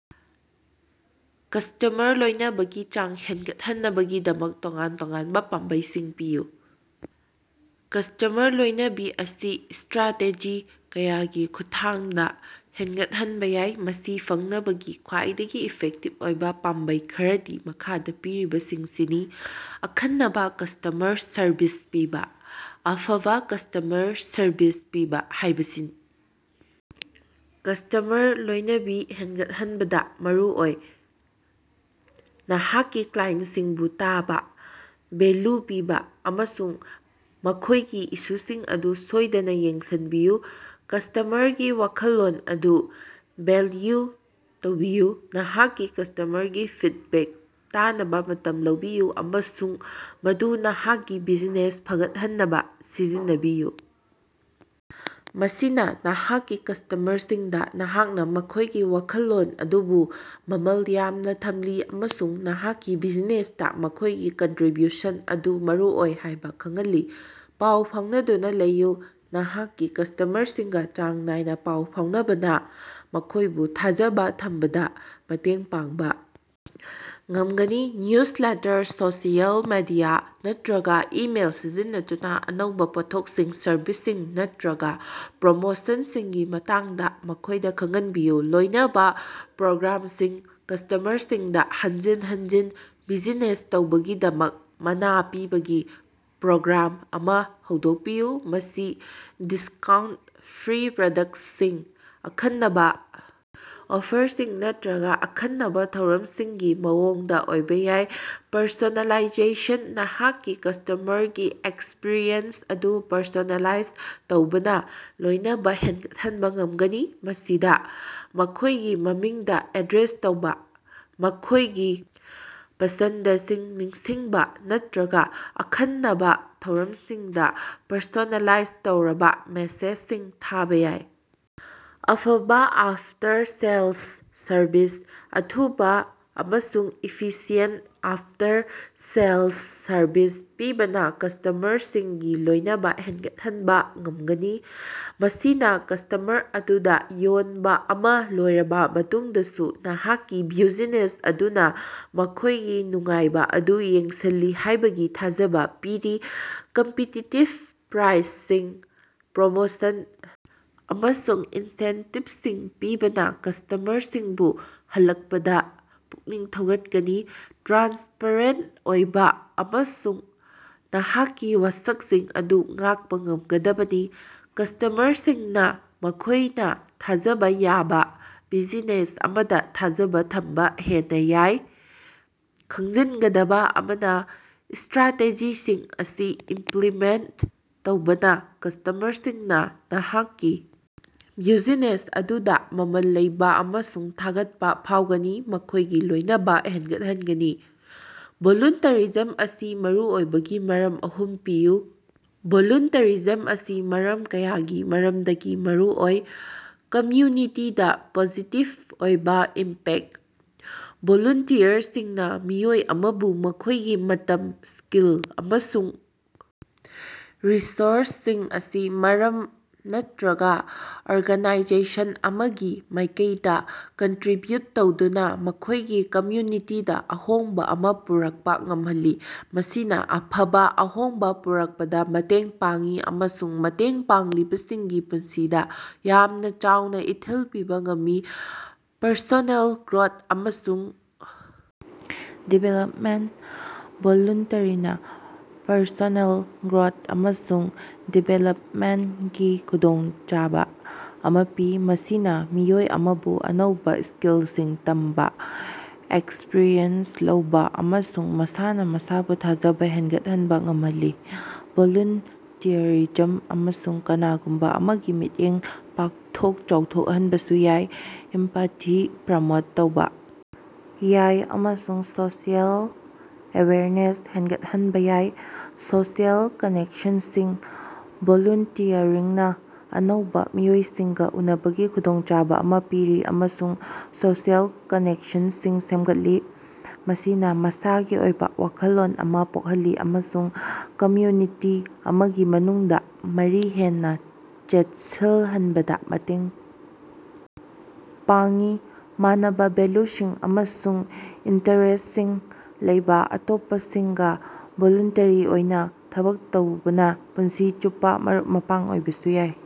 Customer ꯂꯣꯏꯅꯕꯒꯤ ꯆꯥꯡ ꯍꯦꯟꯒꯠꯍꯟꯅꯕꯒꯤꯗꯃꯛ ꯇꯣꯉꯥꯟ-ꯇꯣꯉꯥꯟꯕꯥ ꯄꯥꯝꯕꯩꯁꯤꯡ ꯄꯤꯌꯨ꯫ ꯀꯁ꯭ꯇꯃꯔ ꯂꯣꯏꯅꯕꯤ ꯑꯁꯤ ꯏꯁꯇ꯭ꯔꯥꯇꯦꯖꯤ ꯀꯌꯥꯒꯤ ꯈꯨꯠꯊꯥꯡꯗꯥ ꯍꯦꯟꯒꯠꯍꯟꯕꯥ ꯌꯥꯏ꯫ ꯃꯁꯤ ꯐꯪꯅꯕꯒꯤ ꯈ꯭ꯋꯥꯏꯗꯒꯤ ꯏꯐꯦꯛꯇꯤꯚ ꯑꯣꯏꯕꯥ ꯄꯥꯝꯕꯩ ꯈꯔꯗꯤ ꯃꯈꯥꯗꯥ ꯄꯤꯔꯤꯕꯁꯤꯡꯁꯤꯅꯤ: ꯑꯈꯟꯅꯕꯥ ꯀꯁ꯭ꯇꯃꯔ ꯁꯔꯚꯤꯁ ꯄꯤꯕꯥ: ꯑꯐꯕꯥ ꯀꯁ꯭ꯇꯃꯔ ꯁꯔꯚꯤꯁ ꯄꯤꯕꯥ ꯍꯥꯏꯕꯁꯤ ꯀꯁ꯭ꯇꯃꯔ ꯂꯣꯏꯅꯕꯤ ꯍꯦꯟꯒꯠꯍꯟꯕꯗꯥ ꯃꯔꯨ ꯑꯣꯏ꯫ ꯅꯍꯥꯛꯀꯤ ꯀ꯭ꯂꯥꯏꯟꯁꯤꯡꯕꯨ ꯇꯥꯕꯥ, ꯚꯦꯜꯂꯨ ꯄꯤꯕꯥ ꯑꯃꯁꯨꯡ ꯃꯈꯣꯏꯒꯤ ꯏꯁꯨꯁꯤꯡ ꯑꯗꯨ ꯁꯣꯏꯗꯅꯥ ꯌꯦꯡꯁꯤꯟꯕꯤꯌꯨ꯫ ꯀꯁ꯭ꯇꯃꯔꯒꯤ ꯋꯥꯈꯜꯂꯣꯟ ꯑꯗꯨ ꯚꯦꯜꯌꯨ ꯇꯧꯕꯤꯌꯨ: ꯅꯍꯥꯛꯀꯤ ꯀꯁ꯭ꯇꯃꯔꯒꯤ ꯐꯤꯗꯕꯦꯛ ꯇꯥꯅꯕꯥ ꯃꯇꯝ ꯂꯧꯕꯤꯌꯨ ꯑꯃꯁꯨꯡ ꯃꯗꯨ ꯅꯍꯥꯛꯀꯤ ꯕꯤꯖꯤꯅꯦꯁ ꯐꯒꯠꯍꯟꯅꯕꯥ ꯁꯤꯖꯤꯟꯅꯕꯤꯌꯨ꯫ ꯃꯁꯤꯅꯥ ꯅꯍꯥꯛꯀꯤ ꯀꯁ꯭ꯇꯃꯔꯁꯤꯡꯗꯥ ꯅꯍꯥꯛꯅꯥ ꯃꯈꯣꯏꯒꯤ ꯋꯥꯈꯜꯂꯣꯟ ꯑꯗꯨꯕꯨ ꯃꯃꯜ ꯌꯥꯝꯅꯥ ꯊꯝꯂꯤ ꯑꯃꯁꯨꯡ ꯅꯍꯥꯛꯀꯤ ꯕꯤꯖꯤꯅꯦꯁꯇꯥ ꯃꯈꯣꯏꯒꯤ ꯀꯟꯇ꯭ꯔꯤꯕ꯭ꯌꯨꯁꯟ ꯑꯗꯨ ꯃꯔꯨꯑꯣꯏ ꯍꯥꯏꯕꯥ ꯈꯪꯍꯜꯂꯤ꯫ ꯄꯥꯎ ꯐꯥꯎꯅꯗꯨꯅꯥ ꯂꯩꯌꯨ: ꯅꯍꯥꯛꯀꯤ ꯀꯁ꯭ꯇꯃꯔꯁꯤꯡꯒꯥ ꯆꯥꯡ ꯅꯥꯏꯅꯥ ꯄꯥꯎ ꯐꯥꯎꯅꯕꯅꯥ ꯃꯈꯣꯏꯕꯨ ꯊꯥꯖꯕꯥ ꯊꯝꯕꯗꯥ ꯃꯇꯦꯡ ꯄꯥꯡꯕꯥ ꯉꯝꯒꯅꯤ꯫ ꯅ꯭ꯌꯨꯖ ꯂꯦꯇꯔ, ꯁꯣꯁꯤꯑꯦꯜ ꯃꯤꯗꯤꯌꯥ ꯅꯠꯇ꯭ꯔꯒꯥ ꯏꯃꯦꯜ ꯁꯤꯖꯤꯟꯅꯗꯨꯅꯥ ꯑꯅꯧꯕꯥ ꯄꯣꯠꯊꯣꯛꯁꯤꯡ, ꯁꯔꯚꯤꯁꯁꯤꯡ ꯅꯠꯇ꯭ꯔꯒꯥ ꯄ꯭ꯔꯣꯃꯣꯁꯟꯁꯤꯡꯒꯤ ꯃꯇꯥꯡꯗꯥ ꯃꯈꯣꯏꯗꯥ ꯈꯪꯍꯟꯕꯤꯌꯨ꯫ ꯂꯣꯏꯅꯕ ꯄ꯭ꯔꯣꯒ꯭ꯔꯥꯝꯁꯤꯡ: ꯀꯁ꯭ꯇꯃꯔꯁꯤꯡꯗꯥ ꯍꯟꯖꯤꯟ ꯍꯟꯖꯤꯟ ꯕꯤꯖꯤꯅꯦꯁ ꯇꯧꯕꯒꯤꯗꯃꯛ ꯃꯅꯥ ꯄꯤꯕꯥꯒꯤ ꯄ꯭ꯔꯣꯒ꯭ꯔꯥꯝ ꯑꯃꯥ ꯍꯧꯗꯣꯛꯄꯤꯌꯨ꯫ ꯃꯁꯤ ꯗꯤꯁꯀꯥꯎꯟꯇ, ꯐ꯭ꯔꯤ ꯄ꯭ꯔꯗꯛꯁꯁꯤꯡ, ꯑꯈꯟꯅꯕꯥ ꯑꯣꯐꯔꯁꯤꯡ ꯅꯠꯇ꯭ꯔꯒꯥ ꯑꯈꯟꯅꯕꯥ ꯊꯧꯔꯝꯁꯤꯡꯒꯤ ꯃꯑꯣꯡꯗꯥ ꯑꯣꯏꯕꯥ ꯌꯥꯏ꯫ ꯄꯔꯁꯣꯅꯦꯂꯥꯏꯖꯦꯁꯟ: ꯅꯍꯥꯛꯀꯤ ꯀꯁ꯭ꯇꯃꯔꯒꯤ ꯑꯦꯛꯁꯄ꯭ꯔꯤꯌꯦꯟꯁ ꯑꯗꯨ ꯄꯔꯁꯣꯅꯦꯂꯥꯏꯖ ꯇꯧꯕꯅꯥ ꯂꯣꯏꯅꯕ ꯍꯦꯟꯒꯠꯍꯟꯕꯥ ꯉꯝꯒꯅꯤ꯫ ꯃꯁꯤꯗꯥ ꯃꯈꯣꯏꯒꯤ ꯃꯃꯤꯡꯗꯥ ꯑꯦꯗ꯭ꯔꯦꯁ ꯇꯧꯕꯥ, ꯃꯈꯣꯏꯒꯤ ꯄꯁꯟꯗꯁꯤꯡ ꯅꯤꯡꯁꯤꯡꯕꯥ ꯅꯠꯇ꯭ꯔꯒꯥ ꯑꯈꯟꯅꯕꯥ ꯊꯧꯔꯝꯁꯤꯡꯗꯥ ꯄꯔꯁꯣꯅꯦꯂꯥꯏꯖ ꯇꯧꯔꯕꯥ ꯃꯦꯁꯦꯖꯁꯤꯡ ꯊꯥꯕꯥ ꯌꯥꯏ꯫ ꯑꯐꯕꯥ ꯑꯥꯞꯇꯔ-ꯁꯦꯜꯁ ꯁꯔꯕꯤꯁ: ꯑꯊꯨꯕꯥ ꯑꯃꯁꯨꯡ ꯏꯐꯤꯁꯤꯌꯦꯟꯇ ꯑꯥꯐꯇꯔ-ꯁꯦꯜꯁ ꯁꯔꯕꯤꯁ ꯄꯤꯕꯅꯥ ꯀꯁ꯭ꯇꯃꯔꯁꯤꯡꯒꯤ ꯂꯣꯏꯅꯕ ꯍꯦꯟꯒꯠꯍꯟꯕꯥ ꯉꯝꯒꯅꯤ꯫ ꯃꯁꯤꯅꯥ ꯀꯁ꯭ꯇꯃꯔ ꯑꯗꯨꯗꯥ ꯌꯣꯟꯕꯥ ꯑꯃꯥ ꯂꯣꯏꯔꯕꯥ ꯃꯇꯨꯡꯗꯁꯨ ꯅꯍꯥꯛꯀꯤ ꯕ꯭ꯌꯨꯖꯤꯅꯦꯁ ꯑꯗꯨꯅꯥ ꯃꯈꯣꯏꯒꯤ ꯅꯨꯡꯉꯥꯏꯕꯥ ꯑꯗꯨ ꯌꯦꯡꯁꯤꯜꯂꯤ ꯍꯥꯏꯕꯒꯤ ꯊꯥꯖꯕꯥ ꯄꯤꯔꯤ꯫ ꯀꯝꯄꯤꯇꯤꯇꯤꯞ ꯄ꯭ꯔꯥꯏꯁꯁꯤꯡ, ꯄ꯭ꯔꯃꯣꯁꯟ, ꯑꯃꯁꯨꯡ ꯏꯟꯁꯦꯟꯇꯤꯕꯁꯤꯡ ꯄꯤꯕꯅꯥ ꯀꯁ꯭ꯇꯃꯔꯁꯤꯡꯕꯨ ꯍꯜꯂꯛꯄꯗꯥ ꯄꯨꯛꯅꯤꯡ ꯊꯧꯒꯠꯀꯅꯤ꯫ ꯇ꯭ꯔꯥꯟꯁꯄꯔꯦꯟ ꯑꯣꯏꯕꯥ ꯑꯃꯁꯨꯡ ꯅꯍꯥꯛꯀꯤ ꯋꯥꯁꯛꯁꯤꯡ ꯑꯗꯨ ꯉꯥꯛꯄꯥ ꯉꯝꯒꯗꯕꯅꯤ꯫ ꯀꯁ꯭ꯇꯃꯔꯁꯤꯡꯅꯥ ꯃꯈꯣꯏꯅꯥ ꯊꯥꯖꯕꯥ ꯌꯥꯕꯥ ꯕꯤꯖꯤꯅꯦꯁ ꯑꯃꯗꯥ ꯊꯥꯖꯕꯥ ꯊꯝꯕꯥ ꯍꯦꯟꯅꯥ ꯌꯥꯏ꯫ ꯈꯪꯖꯤꯟꯒꯗꯕꯥ ꯑꯃꯅꯥ, ꯏꯁꯇ꯭ꯔꯥꯇꯦꯖꯤꯁꯤꯡ ꯑꯁꯤ ꯏꯝꯄ꯭ꯂꯤꯃꯦꯟ ꯇꯧꯕꯅꯥ ꯀꯁ꯭ꯇꯃꯔꯁꯤꯡꯅꯥ ꯅꯍꯥꯛꯀꯤ ꯕ꯭ꯌꯨꯖꯤꯅꯦꯁ ꯑꯗꯨꯅꯥ ꯃꯃꯜ ꯂꯩꯕꯥ ꯑꯃꯁꯨꯡ ꯊꯥꯒꯠꯄꯥ ꯐꯥꯎꯒꯅꯤ, ꯃꯈꯣꯏꯒꯤ ꯂꯣꯏꯅꯕ ꯍꯦꯟꯒꯠꯍꯟꯒꯅꯤ꯫ ꯚꯣꯂꯨꯟꯇꯔꯤꯖꯝ ꯑꯁꯤ ꯃꯔꯨꯑꯣꯏꯕꯒꯤ ꯃꯔꯝ ꯑꯍꯨꯝ ꯄꯤꯌꯨ꯫ ꯚꯣꯂꯨꯟꯇꯔꯤꯖꯝ ꯑꯁꯤ ꯃꯔꯝ ꯀꯌꯥꯒꯤ ꯃꯔꯝꯗꯒꯤ ꯃꯔꯨꯑꯣꯏ: ꯀꯝꯃ꯭ꯌꯨꯅꯤꯇꯤꯗꯥ ꯄꯣꯖꯤꯇꯤꯚ ꯑꯣꯏꯕꯥ ꯏꯝꯄꯦꯛꯇ: ꯚꯣꯂꯨꯟꯇꯤꯌꯔꯁꯤꯡꯅꯥ ꯃꯤꯑꯣꯏ ꯑꯃꯕꯨ ꯃꯈꯣꯏꯒꯤ ꯃꯇꯝ, ꯁ꯭ꯀꯤꯜ ꯑꯃꯁꯨꯡ ꯔꯤꯁꯣꯔꯁꯁꯤꯡ ꯑꯁꯤ ꯃꯔꯝ ꯅꯠꯇ꯭ꯔꯒꯥ ꯑꯣꯔꯒꯥꯅꯥꯏꯖꯦꯁꯟ ꯑꯃꯒꯤ ꯃꯥꯏꯀꯩꯗꯥ ꯀꯟꯇ꯭ꯔꯤꯕ꯭ꯌꯨꯠ ꯇꯧꯗꯨꯅꯥ ꯃꯈꯣꯏꯒꯤ ꯀꯝꯃ꯭ꯌꯨꯅꯤꯇꯤꯗꯥ ꯑꯍꯣꯡꯕꯥ ꯑꯃꯥ ꯄꯨꯔꯛꯄꯥ ꯉꯝꯍꯜꯂꯤ꯫ ꯃꯁꯤꯅꯥ ꯑꯐꯕꯥ ꯑꯍꯣꯡꯕꯥ ꯄꯨꯔꯛꯄꯗꯥ ꯃꯇꯦꯡ ꯄꯥꯡꯏ ꯑꯃꯁꯨꯡ ꯃꯇꯦꯡ ꯄꯥꯡꯂꯤꯕꯁꯤꯡꯒꯤ ꯄꯨꯟꯁꯤꯗꯥ ꯌꯥꯝꯅꯥ ꯆꯥꯎꯅꯥ ꯏꯊꯤꯜ ꯄꯤꯕꯥ ꯉꯝꯃꯤ꯫ ꯄꯔꯁꯣꯅꯦꯜ ꯒ꯭ꯔꯣꯠ ꯑꯃꯁꯨꯡ ꯗꯤꯚꯦꯂꯞꯃꯦꯟꯇ: ꯚꯣꯂꯨꯟꯇꯔꯤꯅꯥ ꯄꯔꯁꯣꯅꯦꯜ ꯒ꯭ꯔꯣꯠ ꯑꯃꯁꯨꯡ ꯗꯤꯚꯦꯂꯞꯃꯦꯟꯇꯒꯤ ꯈꯨꯗꯣꯡꯆꯥꯕꯥ ꯑꯃꯥ ꯄꯤ꯫ ꯃꯁꯤꯅꯥ ꯃꯤꯑꯣꯏ ꯑꯃꯕꯨ ꯑꯅꯧꯕꯥ ꯁ꯭ꯀꯤꯜꯁꯤꯡ ꯇꯝꯕꯥ, ꯑꯦꯛꯁꯄ꯭ꯔꯤꯌꯦꯟꯁ ꯂꯧꯕꯥ ꯑꯃꯁꯨꯡ ꯃꯁꯥꯅꯥ ꯃꯁꯥꯕꯨ ꯊꯥꯖꯕꯥ ꯍꯦꯟꯒꯠꯍꯟꯕꯥ ꯉꯝꯍꯜꯂꯤ꯫ ꯚꯣꯂꯨꯟꯇꯤꯌꯔꯤꯖꯝ ꯑꯁꯤꯅꯥ ꯀꯅꯥꯒꯨꯝꯕꯥ ꯑꯃꯒꯤ ꯃꯤꯠꯌꯦꯡ ꯄꯥꯛꯊꯣꯛ-ꯆꯥꯎꯊꯣꯛꯍꯟꯕꯁꯨ ꯌꯥꯏ, ꯏꯝꯄꯥꯊꯤ ꯄ꯭ꯔꯃꯣꯠ ꯇꯧꯕꯥ ꯌꯥꯏ ꯑꯃꯁꯨꯡ ꯁꯣꯁꯤꯑꯦꯜ ꯑꯦꯋꯦꯌꯔꯅꯦꯁ ꯍꯦꯟꯒꯠꯍꯟꯕꯥ ꯌꯥꯏ꯫ ꯁꯣꯁꯤꯑꯦꯜ ꯀꯅꯦꯛꯁꯟꯁꯤꯡ: ꯚꯣꯂꯨꯟꯇꯤꯌꯔꯤꯡꯅꯥ ꯑꯅꯧꯕꯥ ꯃꯤꯑꯣꯏꯁꯤꯡꯒꯥ ꯎꯅꯕꯒꯤ ꯈꯨꯗꯣꯡꯆꯥꯕꯥ ꯑꯃꯥ ꯄꯤꯔꯤ ꯑꯃꯁꯨꯡ ꯁꯣꯁꯤꯑꯦꯜ ꯀꯅꯦꯛꯁꯟꯁꯤꯡ ꯁꯦꯝꯒꯠꯂꯤ꯫ ꯃꯁꯤꯅꯥ ꯃꯁꯥꯒꯤ ꯑꯣꯏꯕꯥ ꯋꯥꯈꯜꯂꯣꯟ ꯑꯃꯥ ꯄꯣꯛꯍꯜꯂꯤ ꯑꯃꯁꯨꯡ ꯀꯝꯃ꯭ꯌꯨꯅꯤꯇꯤ ꯑꯃꯒꯤ ꯃꯅꯨꯡꯗꯥ ꯃꯔꯤ ꯍꯦꯟꯅꯥ ꯆꯦꯠꯁꯤꯜꯍꯟꯕꯗꯥ ꯃꯇꯦꯡ ꯄꯥꯡꯏ꯫ ꯃꯥꯟꯅꯕꯥ ꯚꯦꯜꯂꯨꯁꯤꯡ ꯑꯃꯁꯨꯡ ꯏꯟꯇꯔꯦꯁꯁꯤꯡ ꯂꯩꯕꯥ ꯑꯇꯣꯞꯄꯁꯤꯡꯒꯥ ꯚꯣꯂꯨꯟꯇꯔꯤ ꯑꯣꯏꯅꯥ ꯊꯕꯛ ꯇꯧꯕꯅꯥ ꯄꯨꯟꯁꯤ ꯆꯨꯞꯄꯥ ꯃꯔꯨꯞ-ꯃꯄꯥꯡ ꯑꯣꯏꯕꯁꯨ ꯌꯥꯏ꯫